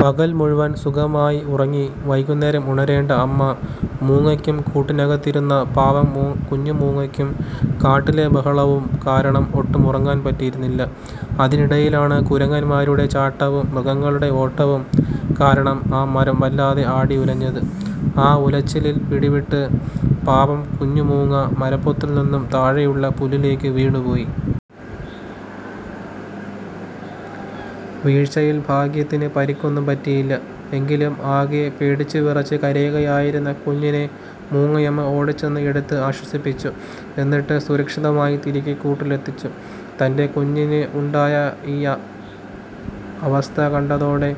പകൽ മുഴുവൻ സുഖമായി ഉറങ്ങി വൈകുന്നേരം ഉണരേണ്ട അമ്മ മൂങ്ങയ്ക്കും കൂട്ടിനകത്തിരുന്ന പാവം കുഞ്ഞു മൂങ്ങയ്ക്കും, കാട്ടിലെ ബഹളവും കാരണം ഒട്ടും ഉറങ്ങാൻ പറ്റിയിരുന്നില്ല. അതിനിടയിലാണ് കുരങ്ങന്മാരുടെ ചാട്ടവും മൃഗങ്ങളുടെ ഓട്ടവും കാരണം ആ മരം വല്ലാതെ ആടിയുലഞ്ഞത്. ആ ഉലച്ചിലിൽ പിടിവിട്ട് പാവം കുഞ്ഞു മൂങ്ങ മരപ്പൊത്തിൽ നിന്നും താഴെയുള്ള പുല്ലിലേക്ക് വീണുപോയി! വീഴ്ചയിൽ ഭാഗ്യത്തിന് പരിക്കൊന്നും പറ്റിയില്ല. എങ്കിലും ആകെ പേടിച്ചുവിറച്ച് കരയുകയായിരുന്ന കുഞ്ഞിനെ മൂങ്ങയമ്മ ഓടിച്ചെന്ന് എടുത്ത് ആശ്വസിപ്പിച്ചു; എന്നിട്ട് സുരക്ഷിതമായി തിരികെ കൂട്ടിലെത്തിച്ചു. തൻ്റെ കുഞ്ഞിന് ഉണ്ടായ ഈ അവസ്ഥ കണ്ടതോടെ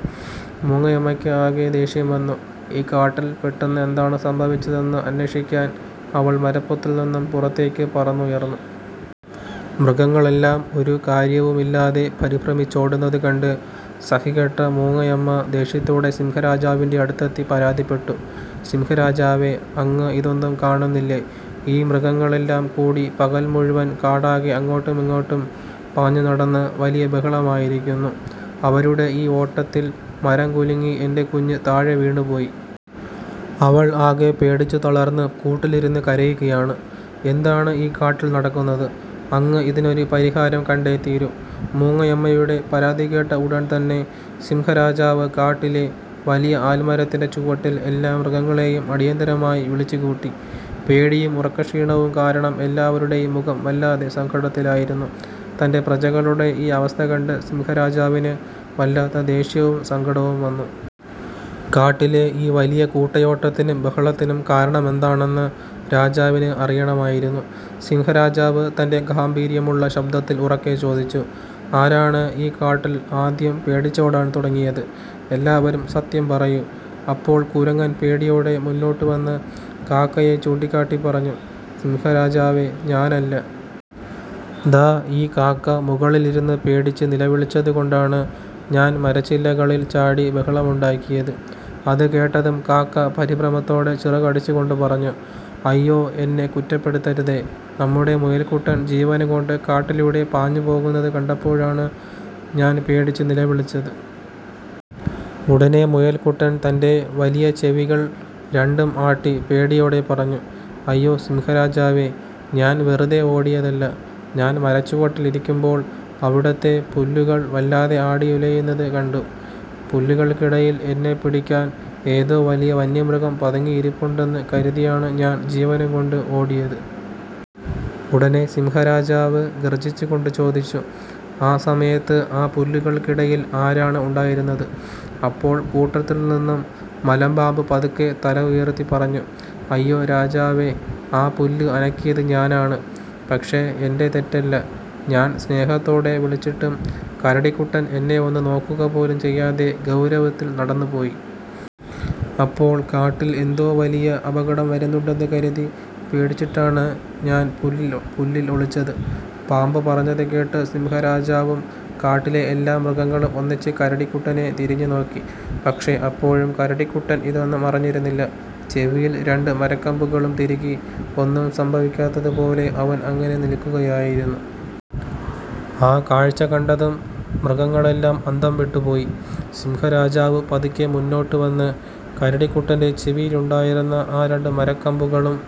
മൂങ്ങയമ്മയ്ക്ക് ആകെ ദേഷ്യം വന്നു. ഈ കാട്ടിൽ പെട്ടെന്ന് എന്താണ് സംഭവിച്ചതെന്ന് അന്വേഷിക്കാൻ അവൾ മരപ്പൊത്തിൽ നിന്നും പുറത്തേക്ക് പറന്നുയർന്നു. മൃഗങ്ങളെല്ലാം ഒരു കാര്യവുമില്ലാതെ പരിഭ്രമിച്ചോടുന്നത് കണ്ട് സഹികെട്ട മൂങ്ങയമ്മ ദേഷ്യത്തോടെ സിംഹരാജാവിന്റെ അടുത്തെത്തി പരാതിപ്പെട്ടു: "സിംഹരാജാവേ, അങ്ങ് ഇതൊന്നും കാണുന്നില്ലേ? ഈ മൃഗങ്ങളെല്ലാം കൂടി പകൽ മുഴുവൻ കാടാകെ അങ്ങോട്ടുമിങ്ങോട്ടും പാഞ്ഞുനടന്ന് വലിയ ബഹളമായിരുന്നു. അവരുടെ ആ ഓട്ടത്തിൽ മരം കുലുങ്ങി എന്റെ കുഞ്ഞ് താഴെ വീണുപോയി! അവൾ ആകെ പേടിച്ചു തളർന്ന് കൂട്ടിലിരുന്ന് കരയുകയാണ്. എന്താണ് ഈ കാട്ടിൽ നടക്കുന്നത്? അങ്ങ് ഇതിനൊരു പരിഹാരം കണ്ടേ തീരൂ! " മൂങ്ങയമ്മയുടെ പരാതി കേട്ട ഉടൻ തന്നെ സിംഹരാജാവ് കാട്ടിലെ വലിയ ആൽമരത്തിന്റെ ചുവട്ടിൽ എല്ലാ മൃഗങ്ങളെയും അടിയന്തരമായി വിളിച്ചുകൂട്ടി. പേടിയും ഉറക്കക്ഷീണവും കാരണം എല്ലാവരുടെയും മുഖം വല്ലാതെ സങ്കടത്തിലായിരുന്നു തന്റെ പ്രജകളുടെ ഈ അവസ്ഥ കണ്ട് സിംഹരാജാവിന് വല്ലാത്ത ദേഷ്യവും സങ്കടവും വന്നു. കാട്ടിലെ ഈ വലിയ കൂട്ടയോട്ടത്തിനും ബഹളത്തിനും കാരണമെന്താണെന്ന് രാജാവിന് അറിയണമായിരുന്നു. സിംഹരാജാവ് തന്റെ ഗാംഭീര്യമുള്ള ശബ്ദത്തിൽ ഉറക്കെ ചോദിച്ചു: "ആരാണ് ഈ കാട്ടിൽ ആദ്യം പേടിച്ചോടാൻ തുടങ്ങിയത്? എല്ലാവരും സത്യം പറയൂ. " അപ്പോൾ കുരങ്ങൻ പേടിയോടെ മുന്നോട്ട് വന്ന് കാക്കയെ ചൂണ്ടിക്കാട്ടി പറഞ്ഞു: "സിംഹരാജാവേ, ഞാനല്ല! ദാ ഈ കാക്ക മുകളിൽ ഇരുന്ന് പേടിച്ച് നിലവിളിച്ചതു കൊണ്ടാണ് ഞാൻ മരച്ചില്ലകളിൽ ചാടി ബഹളമുണ്ടാക്കിയത്! " അത് കേട്ടതും കാക്ക പരിഭ്രമത്തോടെ ചിറകടിച്ചുകൊണ്ട് പറഞ്ഞു: "അയ്യോ, എന്നെ കുറ്റപ്പെടുത്തരുതേ! നമ്മുടെ മുയൽക്കുട്ടൻ ജീവനും കൊണ്ട് കാട്ടിലൂടെ പാഞ്ഞു പോകുന്നത് കണ്ടപ്പോഴാണ് ഞാൻ പേടിച്ചു നിലവിളിച്ചത്! " ഉടനെ മുയൽക്കുട്ടൻ തന്റെ വലിയ ചെവികൾ രണ്ടും ആട്ടി പേടിയോടെ പറഞ്ഞു: "അയ്യോ സിംഹരാജാവേ, ഞാൻ വെറുതെ ഓടിയതല്ല! ഞാൻ മരച്ചുവട്ടിൽ ഇരിക്കുമ്പോൾ അവിടുത്തെ പുല്ലുകൾ വല്ലാതെ ആടിയുലയുന്നത് കണ്ടു. പുല്ലുകൾക്കിടയിൽ എന്നെ പിടിക്കാൻ ഏതോ വലിയ വന്യമൃഗം പതുങ്ങിയിരിപ്പുണ്ടെന്ന് കരുതിയാണ് ഞാൻ ജീവനും കൊണ്ട് ഓടിയത്! " ഉടനെ സിംഹരാജാവ് ഗർജിച്ചുകൊണ്ട് ചോദിച്ചു: "ആ സമയത്ത് ആ പുല്ലുകൾക്കിടയിൽ ആരാണ് ഉണ്ടായിരുന്നത്? " അപ്പോൾ കൂട്ടത്തിൽ നിന്നും മലമ്പാമ്പ് പതുക്കെ തലയുയർത്തി പറഞ്ഞു: "അയ്യോ രാജാവേ, ആ പുല്ല് അനക്കിയത് ഞാനാണ്! പക്ഷേ എന്റെ തെറ്റല്ല. ഞാൻ സ്നേഹത്തോടെ വിളിച്ചിട്ടും കരടിക്കുട്ടൻ എന്നെ ഒന്നു നോക്കുകപോലും ചെയ്യാതെ ഗൗരവത്തിൽ നടന്നുപോയി! അപ്പോൾ കാട്ടിൽ എന്തോ വലിയ അപകടം വരുന്നുണ്ടെന്ന് കരുതി പേടിച്ചിട്ടാണ് ഞാൻ പുല്ലിൽ ഒളിച്ചത്! " പാമ്പ് പറഞ്ഞത് കേട്ട് സിംഹരാജാവും കാട്ടിലെ എല്ലാ മൃഗങ്ങളും ഒന്നിച്ച് കരടിക്കുട്ടനെ തിരിഞ്ഞു നോക്കി! പക്ഷേ, അപ്പോഴും കരടിക്കുട്ടൻ ഇതൊന്നും അറിഞ്ഞിരുന്നില്ല! ചെവിയിൽ രണ്ട് മരക്കമ്പുകളും തിരുകി, ഒന്നും സംഭവിക്കാത്തതുപോലെ അവൻ അങ്ങനെ നിൽക്കുകയായിരുന്നു! ആ കാഴ്ച കണ്ടതും മൃഗങ്ങളെല്ലാം അന്തംവിട്ടു പോയി! സിംഹരാജാവ് പതുക്കെ മുന്നോട്ട് വന്ന് കരടിക്കുട്ടന്റെ ചെവിയിലുണ്ടായിരുന്ന ആ രണ്ട് മരക്കമ്പുകളും